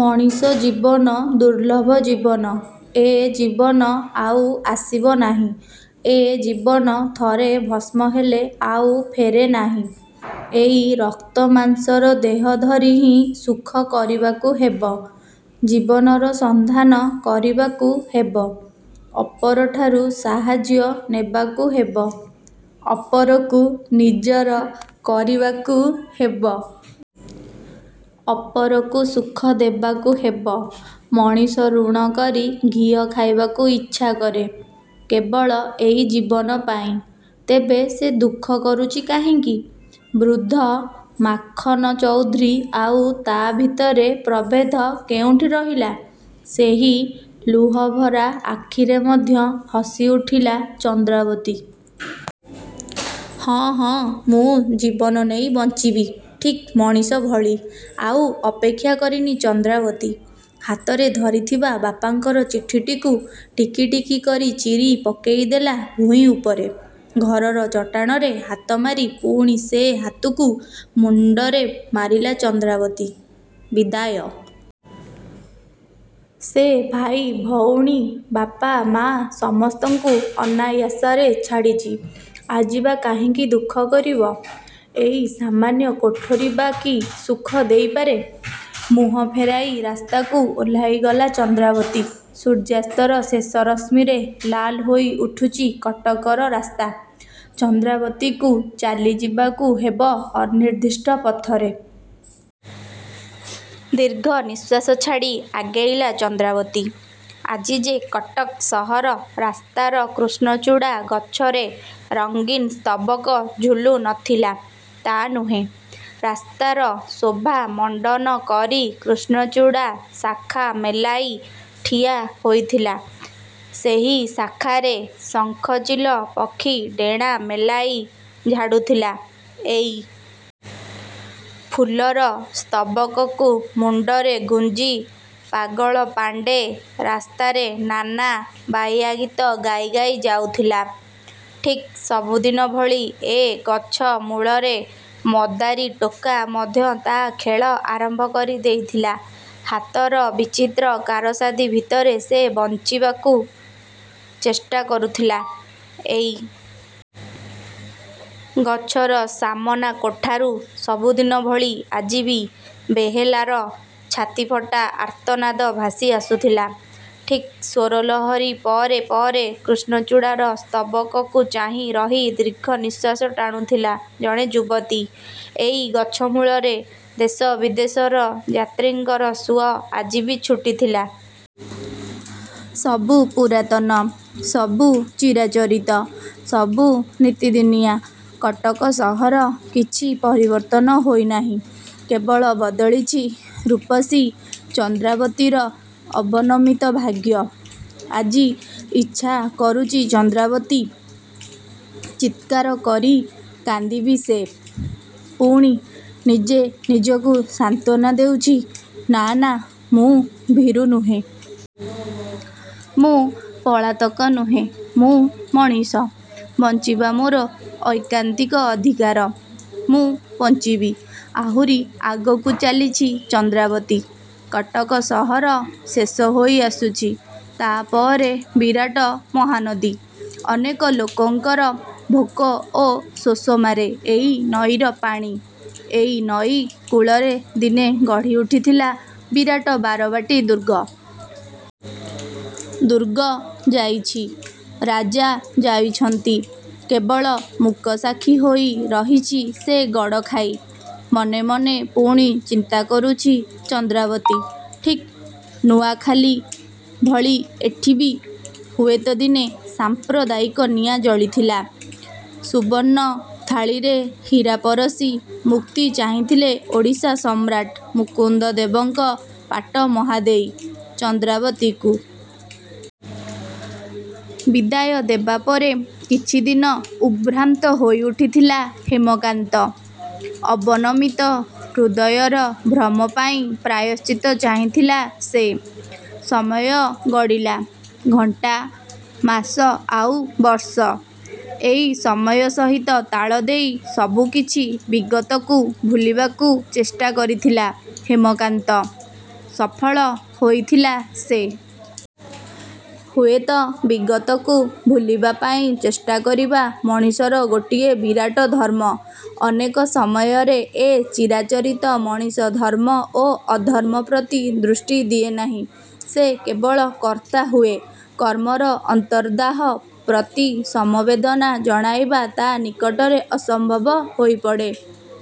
ମଣିଷ ଜୀବନ ଦୁର୍ଲଭ ଜୀବନ। ଏ ଜୀବନ ଆଉ ଆସିବ ନାହିଁ। ଏ ଜୀବନ ଥରେ ଭସ୍ମ ହେଲେ ଆଉ ଫେରେନାହିଁ। ଏଇ ରକ୍ତମାଂସର ଦେହ ଧରି ହିଁ ସୁଖ କରିବାକୁ ହେବ। ଜୀବନର ସନ୍ଧାନ କରିବାକୁ ହେବ। ଅପରଠାରୁ ସାହାଯ୍ୟ ନେବାକୁ ହେବ। ଅପରକୁ ନିଜର କରିବାକୁ ହେବ। ଅପରକୁ ସୁଖ ଦେବାକୁ ହେବ। ମଣିଷ ଋଣ କରି ଘିଅ ଖାଇବାକୁ ଇଚ୍ଛା କରେ, କେବଳ ଏଇ ଜୀବନ ପାଇଁ। ତେବେ ସେ ଦୁଃଖ କରୁଛି କାହିଁକି? ବୃଦ୍ଧ ମାଖନ ଚୌଧୁରୀ ଆଉ ତା' ଭିତରେ ପ୍ରଭେଦ କେଉଁଠି ରହିଲା? ସେହି ଲୁହଭରା ଆଖିରେ ମଧ୍ୟ ହସିଉଠିଲା ଚନ୍ଦ୍ରାବତୀ। “ହଁ, ହଁ, ମୁଁ ଜୀବନ ନେଇ ବଞ୍ଚିବି, ଠିକ୍ ମଣିଷ ଭଳି।”ଆଉ ଅପେକ୍ଷା କରିନି ଚନ୍ଦ୍ରାବତୀ। ହାତରେ ଧରିଥିବା ବାପାଙ୍କର ଚିଠିଟିକୁ ଟିକି ଟିକି କରି ଚିରି ପକାଇଦେଲା ଭୂଇଁ ଉପରେ। ଘରର ଚଟାଣରେ ହାତ ମାରି ପୁଣି ସେ ହାତକୁ ମୁଣ୍ଡରେ ମାରିଲା ଚନ୍ଦ୍ରାବତୀ।“ବିଦାୟ, ସେ ଭାଇ ଭଉଣୀ, ବାପା ମାଆ, ସମସ୍ତଙ୍କୁ ଅନାୟାସରେ ଛାଡ଼ିଛି। ଆଜି ବା କାହିଁକି ଦୁଃଖ କରିବ? ଏଇ ସାମାନ୍ୟ କୋଠରୀ ବା କି ସୁଖ ଦେଇପାରେ?”ମୁହଁ ଫେରାଇ ରାସ୍ତାକୁ ଓହ୍ଲାଇଗଲା ଚନ୍ଦ୍ରାବତୀ। ସୂର୍ଯ୍ୟାସ୍ତର ଶେଷ ରଶ୍ମିରେ ଲାଲ ହୋଇ ଉଠୁଛି କଟକର ରାସ୍ତା। ଚନ୍ଦ୍ରାବତୀକୁ ଚାଲିଯିବାକୁ ହେବ ଅନିର୍ଦ୍ଦିଷ୍ଟ ପଥରେ। ଦୀର୍ଘ ନିଃଶ୍ୱାସ ଛାଡ଼ି ଆଗେଇଲା ଚନ୍ଦ୍ରାବତୀ। ଆଜି ଯେ କଟକ ସହର ରାସ୍ତାର କୃଷ୍ଣଚୂଡ଼ା ଗଛରେ ରଙ୍ଗୀନ ସ୍ତବକ ଝୁଲୁ ନ ଥିଲା, ତା' ନୁହେଁ। ରାସ୍ତାର ଶୋଭା ମଣ୍ଡନ କରି କୃଷ୍ଣଚୂଡ଼ା ଶାଖା ମେଲାଇ ଠିଆ ହୋଇଥିଲା। ସେଇ ଶାଖାରେ ଶଙ୍ଖଚିଲ ପକ୍ଷୀ ଡେଣା ମେଲାଇ ଝାଡ଼ୁଥିଲା। ଏଇ ଫୁଲର ସ୍ତବକକୁ ମୁଣ୍ଡରେ ଗୁଞ୍ଜି ପାଗଳ ପାଣ୍ଡେ ରାସ୍ତାରେ ନାନା ବାଇଆ ଗୀତ ଗାଇ ଗାଇ ଯାଉଥିଲା। ଠିକ୍ ସବୁଦିନ ଭଳି ଏ ଗଛ ମୂଳରେ ମଦାରୀ ଟୋକା ମଧ୍ୟ ତା' ଖେଳ ଆରମ୍ଭ କରି ଦେଇଥିଲା। ହାତର ବିଚିତ୍ର କାରସାଦୀ ଭିତରେ ସେ ବଞ୍ଚିବାକୁ ଚେଷ୍ଟା କରୁଥିଲା। ଏଇ ଗଛର ସାମନା କୋଠାରୁ ସବୁଦିନ ଭଳି ଆଜି ବି ବେହେଲାର ଛାତିଫଟା ଆର୍ତ୍ତନାଦ ଭାସି ଆସୁଥିଲା। ଠିକ୍ ସ୍ୱରଲହରୀ ପରେ ପରେ କୃଷ୍ଣଚୂଡ଼ାର ସ୍ତବକକୁ ଚାହିଁ ରହି ଦୀର୍ଘ ନିଃଶ୍ୱାସ ଟାଣୁଥିଲା ଜଣେ ଯୁବତୀ। ଏଇ ଗଛ ମୂଳରେ ଦେଶ ବିଦେଶର ଯାତ୍ରୀଙ୍କର ସୁଅ ଆଜି ବି ଛୁଟିଥିଲା। ସବୁ ପୁରାତନ, ସବୁ ଚିରାଚରିତ, ସବୁ ନିତିଦିନିଆ। କଟକ ସହର କିଛି ପରିବର୍ତ୍ତନ ହୋଇନାହିଁ। କେବଳ ବଦଳିଛି ରୂପସୀ ଚନ୍ଦ୍ରାବତୀର ଅବନମିତ ଭାଗ୍ୟ। ଆଜି ଇଚ୍ଛା କରୁଚି ଚନ୍ଦ୍ରାବତୀ, ଚିତ୍କାର କରି କାନ୍ଦିବି ସେ। ପୁଣି ନିଜେ ନିଜକୁ ସାନ୍ତ୍ୱନା ଦେଉଛି, ନାଁ, ନାଁ, ମୁଁ ଭୀରୁ ନୁହେଁ। ମୁଁ ପଳାତକ ନୁହେଁ। ମୁଁ ମଣିଷ। ବଞ୍ଚିବା ମୋର ଐକାନ୍ତିକ ଅଧିକାର। ମୁଁ ବଞ୍ଚିବି। ଆହୁରି ଆଗକୁ ଚାଲିଛି ଚନ୍ଦ୍ରାବତୀ। କଟକ ସହର ଶେଷ ହୋଇ ଆସୁଛି। ତା'ପରେ ବିରାଟ ମହାନଦୀ। ଅନେକ ଲୋକଙ୍କର ଭୋକ ଓ ଶୋଷ ମାରେ ଏଇ ନଈର ପାଣି। ଏଇ ନଈ କୂଳରେ ଦିନେ ଗଢ଼ି ଉଠିଥିଲା ବିରାଟ ବାରବାଟୀ ଦୁର୍ଗ। ଦୁର୍ଗ ଯାଇଛି, ରାଜା ଯାଇଛନ୍ତି, କେବଳ ମୂକସାକ୍ଷୀ ହୋଇ ରହିଛି ସେ ଗଡ଼ଖାଇ। ମନେ ମନେ ପୁଣି ଚିନ୍ତା କରୁଛି ଚନ୍ଦ୍ରାବତୀ। ଠିକ୍ ନୂଆଖାଲି ଭଳି ଏଠି ବି ହୁଏତ ଦିନେ ସାମ୍ପ୍ରଦାୟିକ ନିଆଁ ଜଳିଥିଲା। ସୁବର୍ଣ୍ଣ ଥାଳିରେ ହୀରା ପରଷି ମୁକ୍ତି ଚାହିଁଥିଲେ ଓଡ଼ିଶା ସମ୍ରାଟ ମୁକୁନ୍ଦ ଦେବଙ୍କ ପାଟ ମହାଦେଈ। ଚନ୍ଦ୍ରାବତୀକୁ ବିଦାୟ ଦେବା ପରେ କିଛିଦିନ ଉଦ୍ଭ୍ରାନ୍ତ ହୋଇ ଉଠିଥିଲା ହେମକାନ୍ତ। ଅବନମିତ ହୃଦୟର ଭ୍ରମ ପାଇଁ ପ୍ରାୟଶ୍ଚିତ୍ତ ଚାହିଁଥିଲା ସେ। ସମୟ ଗଡ଼ିଲା। ଘଣ୍ଟା, ମାସ ଆଉ ବର୍ଷ। ଏଇ ସମୟ ସହିତ ତାଳ ଦେଇ ସବୁକିଛି ବିଗତକୁ ଭୁଲିବାକୁ ଚେଷ୍ଟା କରିଥିଲା ହେମକାନ୍ତ। ସଫଳ ହୋଇଥିଲା ସେ। ହୁଏତ ବିଗତକୁ ଭୁଲିବା ପାଇଁ ଚେଷ୍ଟା କରିବା ମଣିଷର ଗୋଟିଏ ବିରାଟ ଧର୍ମ। ଅନେକ ସମୟରେ ଏ ଚିରାଚରିତ ମଣିଷ ଧର୍ମ ଓ ଅଧର୍ମ ପ୍ରତି ଦୃଷ୍ଟି ଦିଏନାହିଁ। ସେ କେବଳ କର୍ତ୍ତା ହୁଏ। କର୍ମର ଅନ୍ତର୍ଦାହ ପ୍ରତି ସମବେଦନା ଜଣାଇବା ତା' ନିକଟରେ ଅସମ୍ଭବ ହୋଇପଡ଼େ।